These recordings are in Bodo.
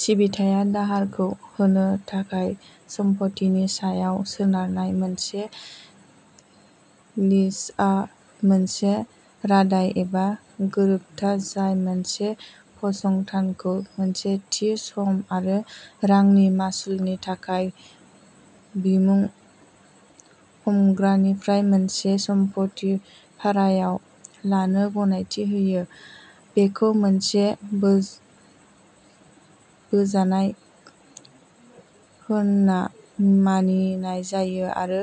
सिबिथाय दाहारखौ होनो थाखाय सम्फथिनि सायाव सोनारनाय। मोनसे लिजआ मोनसे रादाय एबा गोरोबथा जाय मोनसे फसंथानखौ मोनसे थि सम आरो रांनि मासुलनि थाखाय बिमुं-हमग्रानिफ्राय मोनसे सम्फथि भारायाव लानो गनायथि होयो। बेखौ मोनसे बो बोजानाय होनना मानिनाय जायो आरो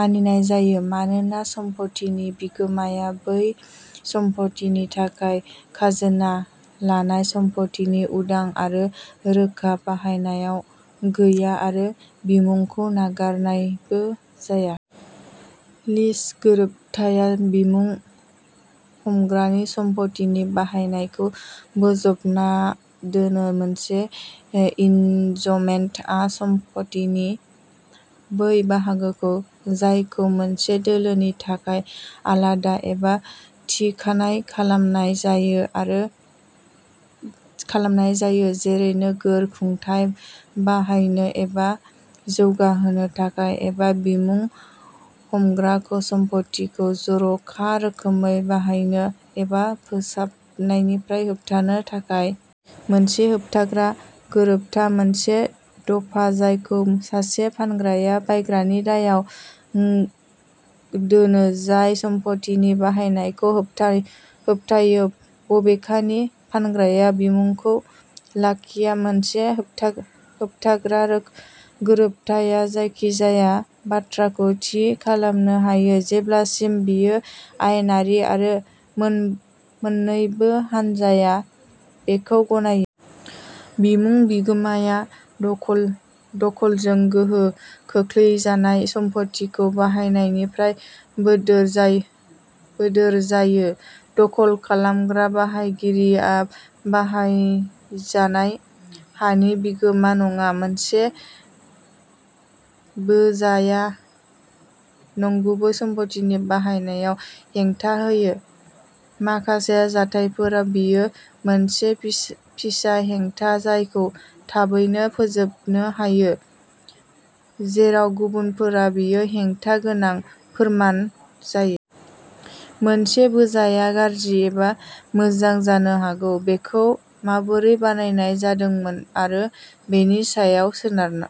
मानिनाय जायो मानोना सम्पथिनि बिगोमाया बै समफारिनि थाखाय खाजोना-लानाय सम्पथिनि उदां आरो रोखा बाहायनाय गैया आरो बिमुंखौ नागारनायबो जाया। लिज गोरोबथाया बिमुं-हमग्रानि सम्पथिनि बाहायनायखौ बोजबना दोनो। मोनसे इजमेन्टआ सम्पथिनि बै बाहागोखौ जायखौ मोनसे दोलोनि थाखाय आलादा एबा थिखानाय खालामनाय जायो। आरो थि खालामनाय जायो जेरै नोगोर खुंथाय बाहायनो एबा जौगाहोनो थाखाय एबा बिमुं-हमग्राखौ सम्पथिखौ जर'खा रोखोमै बाहायनो एबा फोसाबनायनिफ्राय होबथानो थाखाय -- मोनसे होबथाग्रा गोरोबथा मोनसे दफा जायखौ सासे फानग्राया बायग्रानि दायआव दोनो जाय सम्पथिनि बाहायनायखौ होबथा होबथायो। बबेखानि फानग्राया बिमुंखौ लाखिया। मोनसे होबथा होबथाग्रा गोरोबथाया जायखिजाया बाथ्राखौ थि खालामनो हायो जेब्लासिम बेयो आयेनारि आरो मोन मोन्नैबो हानजाया बेखौ गनायो। बिमुं-बिगोमाया दखल दखलजों गोहो खोख्लैजानाय सम्पथिखौ बाहायनायनिफ्राय बोदोर जाय बोदोर जायो। दखल खालामग्रा बाहायगिरिया बाहायजानाय हानि बिगोमा नङा। मोनसे बोजाया नंगुबै सम्पथिनि बाहायनायाव हेंथा होयो। माखासे जाथायफोराव बेयो मोनसे फिसा हेंथा जायखौ थाबैनो फोजोबनो हायो। जेराव गुबुनफोरा बेयो हेंथा गोनां फोरमान जायो। मोनसे बोजाया गाज्रि एबा मोजां जानो हागौ। बेखौ माबोरै बानायनाय जादोंमोन आरो बेनि सायाव सोनारना।